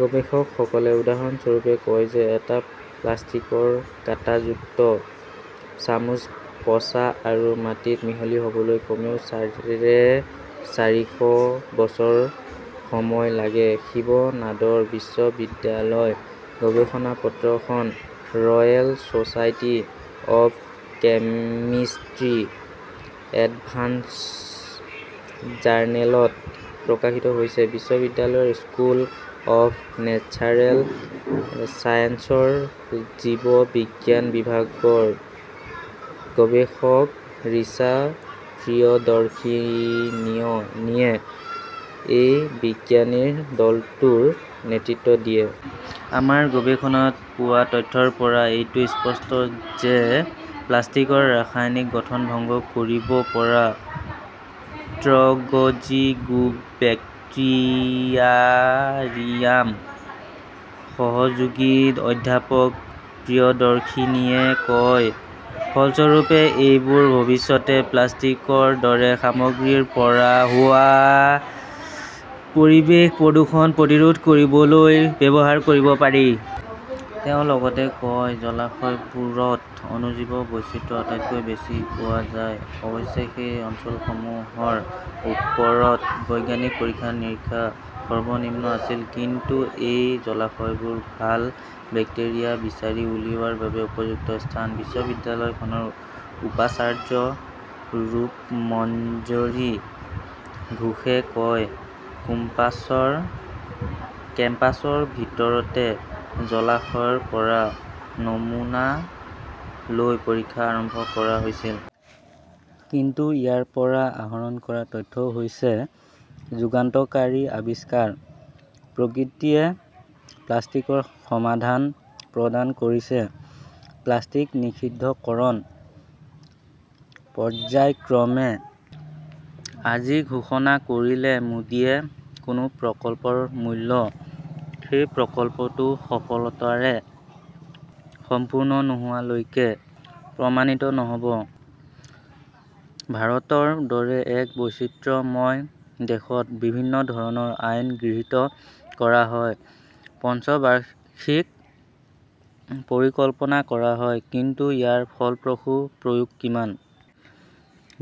গৱেষকসকলে উদাহৰণস্বৰূপে কয় যে এটা প্লাষ্টিকৰ কাঁটাযুক্ত চামুচ পচা আৰু মাটিত মিহলি হ'বলৈ কমেও চাৰে চাৰিশ বছৰ সময় লাগে। শিৱ নাদৰ বিশ্ববিদ্যালয়ৰ গৱেষণা পত্ৰখন Royal Society of Chemistry Advances জাৰ্নেলত প্ৰকাশিত হৈছে। বিশ্ববিদ্যালয়ৰ স্কুল অৱ নেচাৰেল ছায়েন্সৰ জীৱবিজ্ঞান বিভাগৰ গৱেষক ৰিচা প্ৰিয়দৰ্শিনীয়ে এই বিজ্ঞানীৰ দলটোৰ নেতৃত্ব দিয়ে। আমাৰ গৱেষণাত পোৱা তথ্যৰ পৰা এইটো স্পষ্ট যে প্লাষ্টিকৰ ৰাসায়নিক গঠন ভংগ কৰিব পৰা এগজিগুবেক্টিয়াৰিয়াম, সহযোগী অধ্যাপক প্ৰিয়দৰ্শিনীয়ে কয়। ফলস্বৰূপে, এইবোৰ ভৱিষ্যতে প্লাষ্টিকৰ দৰে সামগ্ৰীৰ পৰা হোৱা পৰিৱেশ প্ৰদূষণ প্ৰতিৰোধ কৰিবলৈ ব্যৱহাৰ কৰিব পাৰি। তেওঁ লগতে কয়, জলাশয়বোৰত অণুজীৱ বৈচিত্ৰ্য আটাইতকৈ বেছি পোৱা যায়। অৱশ্যে সেই অঞ্চলসমূহৰ ওপৰত বৈজ্ঞানিক পৰীক্ষা-নিৰীক্ষা সৰ্বনিম্ন আছিল। কিন্তু এই জলাশয়বোৰ ভাল বেক্টেৰিয়া বিচাৰি উলিওৱাৰ বাবে উপযুক্ত স্থান। বিশ্ববিদ্যালয়খনৰ উপাচাৰ্য ৰূপমঞ্জৰী ঘোষে কয়, কেম্পাছৰ ভিতৰতে জলাশয়ৰ পৰা নমুনা লৈ পৰীক্ষা আৰম্ভ কৰা হৈছিল। কিন্তু ইয়াৰ পৰা আহৰণ কৰা তথ্য হৈছে যুগান্তকাৰী আৱিষ্কাৰ। প্ৰকৃতিয়ে প্লাষ্টিকৰ সমাধান প্ৰদান কৰিছে। প্লাষ্টিক নিষিদ্ধকৰণ পৰ্য্যায়ক্ৰমে, আজি ঘোষণা কৰিলে মোদীয়ে কোনো প্ৰকল্পৰ মূল্য সেই প্ৰকল্পটো সফলতাৰে সম্পূৰ্ণ নোহোৱালৈকে প্ৰমাণিত নহ'ব। ভাৰতৰ দৰে এক বৈচিত্ৰ্যময় দেশত বিভিন্ন ধৰণৰ আইন গৃহীত কৰা হয়, পঞ্চবাৰ্ষিক পৰিকল্পনা কৰা হয়, কিন্তু ইয়াৰ ফলপ্ৰসূ প্ৰয়োগ কিমান?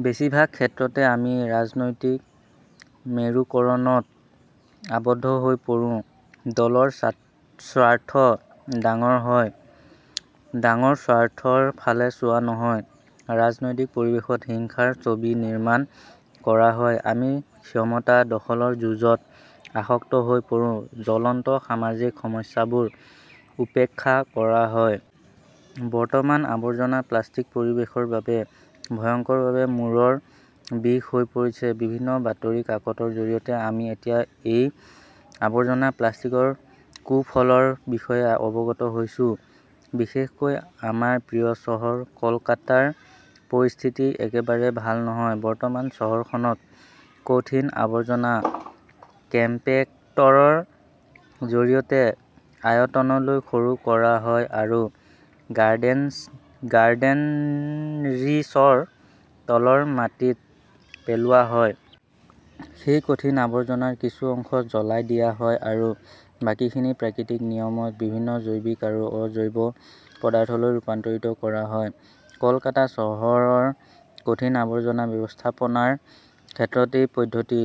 বেছিভাগ ক্ষেত্ৰতে আমি ৰাজনৈতিক মেৰুকৰণত আবদ্ধ হৈ পৰোঁ। দলৰ স্বাৰ্থ ডাঙৰ হয়, ডাঙৰ স্বাৰ্থৰ ফালে চোৱা নহয়। ৰাজনৈতিক পৰিৱেশত হিংসাৰ ছবি নিৰ্মাণ কৰা হয়। আমি ক্ষমতা দখলৰ যুঁজত আসক্ত হৈ পৰোঁ। জ্বলন্ত সামাজিক সমস্যাবোৰ উপেক্ষা কৰা হয়। বৰ্তমান আৱৰ্জনা প্লাষ্টিক পৰিৱেশৰ বাবে ভয়ংকৰভাৱে মূৰৰ বিষ হৈ পৰিছে। বিভিন্ন বাতৰি কাকতৰ জৰিয়তে আমি এতিয়া এই আৱৰ্জনা প্লাষ্টিকৰ কুফলৰ বিষয়ে অৱগত হৈছো। বিশেষকৈ আমাৰ প্ৰিয় চহৰ কলকাতাৰ পৰিস্থিতি একেবাৰে ভাল নহয়। বৰ্তমান চহৰখনত কঠিন আৱৰ্জনা কম্পেক্টৰৰ জৰিয়তে আয়তনলৈ সৰু কৰা হয় আৰু গাৰ্ডেনৰিচৰ তলৰ মাটিত পেলোৱা হয়। সেই কঠিন আৱৰ্জনাৰ কিছু অংশ জ্বলাই দিয়া হয় আৰু বাকীখিনি প্ৰাকৃতিক নিয়মত বিভিন্ন জৈৱিক আৰু অজৈব পদাৰ্থলৈ ৰূপান্তৰিত কৰা হয়। কলকাতা চহৰৰ কঠিন আৱৰ্জনা ব্যৱস্থাপনাৰ ক্ষেত্ৰত এই পদ্ধতি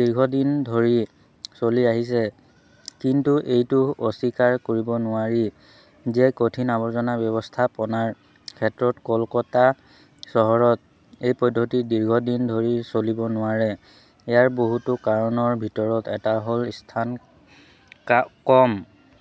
দীৰ্ঘদিন ধৰি চলি আহিছে। কিন্তু এইটো অস্বীকাৰ কৰিব নোৱাৰি যে কঠিন আৱৰ্জনা ব্যৱস্থাপনাৰ ক্ষেত্ৰত কলকাতা চহৰত এই পদ্ধতি দীৰ্ঘদিন ধৰি চলিব নোৱাৰে। ইয়াৰ বহুতো কাৰণৰ ভিতৰত এটা হ ল স্থান কম।